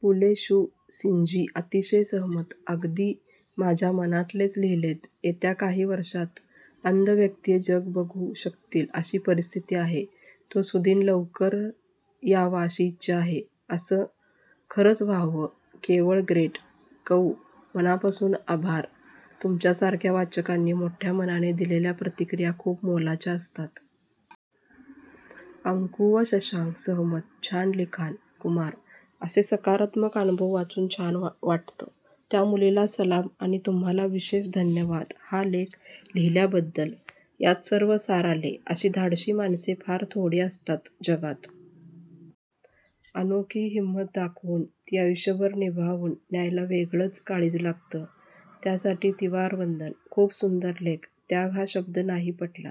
पुलेशुसिंजी, अतिशय सहमत. अगदी माझ्या मनातलेच लिहीलेत. येत्या काही वर्षात अंधव्यक्तीही जग बघू शकतील अशी परीस्थीती आहे. तो सुदीन लवकर यावा अशी इच्छा आहे. अस खरंच व्हाव. केवळ ग्रेट________/\_______कऊ, मनापासून आभार! तुमच्यासारख्या वाचकांनी मोठ्या मनाने दिलेल्या प्रतिक्रिया खूप मोलाच्या असतात. अंकु व शशांक, सहमत. छान लिखाण, कुमार. असे सकारात्मक अनुभव वाचून छान वाटतं. त्या मुलीला सलाम, आणि तुम्हाला विशेष धन्यवाद हा लेख लिहिल्याबद्दल. यात सर्व सार आले. अशी धाडशी माणसे फार थोडी असतात जगात. _/\_ अनोखी हिंमत दाखवून ती आयुष्यभर निभावून न्यायला वेगळंच काळीज लागतं, त्यासाठी त्रिवार वंदन!! खूप सुंदर लेख. त्याग हा शब्द नाही पटला.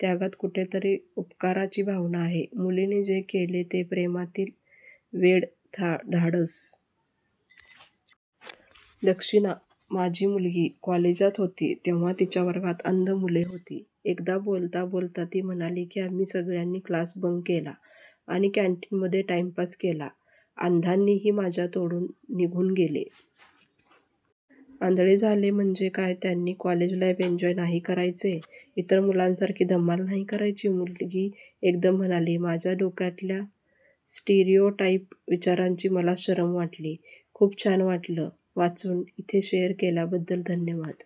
त्यागात कुठेतरी उपकाराची भावना आहे, मुलीने जे केलं ते प्रेमातील वेडं धाडस. दक्षिणा __/\__. माझी मुलगी कॉलेजात होती तेव्हा तिच्या वर्गात अंध मुले होती. एकदा बोलता बोलता ती म्हणाली की आम्ही सगळ्यांनी क्लास बंक केला आणि कॅन्टीनमध्ये टाइम पास केला. अंधानीही? माझ्या तोंडून निघून गेले. आंधळे झाले म्हणजे काय त्यांनी कॉलेज लाईफ एन्जॉय नाही करायचे? इतर मुलांसारखी धमाल नाही करायची? मुलगी एकदम म्हणाली. माझ्या डोक्यातल्या स्स्टीरीओटाईप विचारांची मलाच शरम वाटली. खुप छान वाटल वाचुन, इथे शेअर केल्याबद्द्ल धन्यवाद.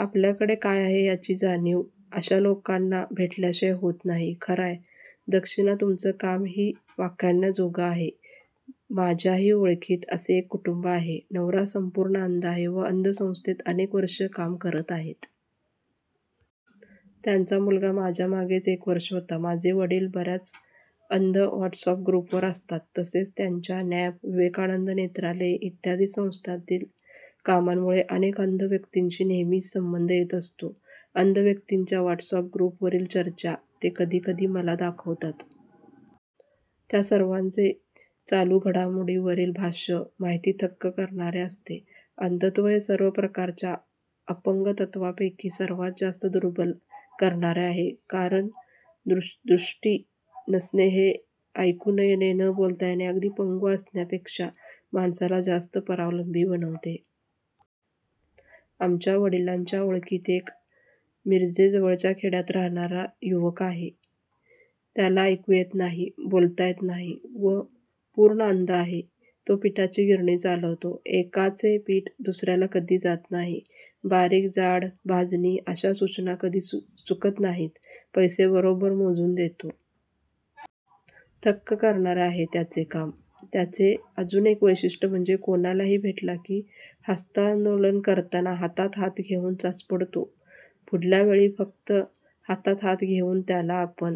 आपल्याकडे काय आहे याची जाणीव अशा लोकांना भेटल्याशिवाय होत नाही. खरय, दक्षिणा तुमच काम ही वाखाणण्याजोग आहे. माझ्याही ओळखीत असेच एक कुटुंब आहे. नवरा संपूर्ण अंध आहे व अंध संस्थेत अनेक वर्षे काम करत आहेत. त्यांचा मुलगा माझ्यामागेच एक वर्ष होता. माझे वडिल बर्याच अंध व्हॉट्सअॅप ग्रुपवर असतात. तसेच त्यांच्या नॅब, विवेकानंद नेत्रालय इत्यादी संस्थांतील कामांमुळे अनेक अंध व्यक्तिंशी नेहेमी संबंध येत असतो. अंध व्यक्तिंच्या व्हॉट्सअॅप ग्रुपवरील चर्चा ते कधी कधी मला दाखवतात. त्या सर्वांचे चालू घडामोडींवरील भाष्य, माहिती थक्क करणारी असते. अंधत्व हे सर्व प्रकारच्या अपंगत्वांपैकी सर्वात जास्त दुर्बल करणारे आहे. कारण दृष्टी नसणे हे ऐकू न येणे, बोलता न येणे अगदी पंगू असण्यापेक्षा माणसाला जास्त परावलंबी बनवते. आमच्या वडिलांच्या ओळखीत एक मिरजेजवळच्या खेड्यात राहणारा युअवक आहे. त्याला ऐकू येत नाही, बोलता येत नाही व पूर्ण अंध आहे. तो पिठाची गिरणी चालवतो. एकाचे पीठ दुसर्याला कधी जात नाही, बारीक-जाड-भाजणी अश्या सुचना कधी चूकत नाहीत, पैसे बरोबर मोजून देतो. थक्क करणारे आहे त्याचे काम. त्याचे अजून एक वैशिष्ट्य म्हणजे कुणालाही भेटला की हस्तांदोलन करताना हात हातात घेउन चाचपडतो. पुढल्या वेळी फक्त हात हातात घेवून त्याला आपण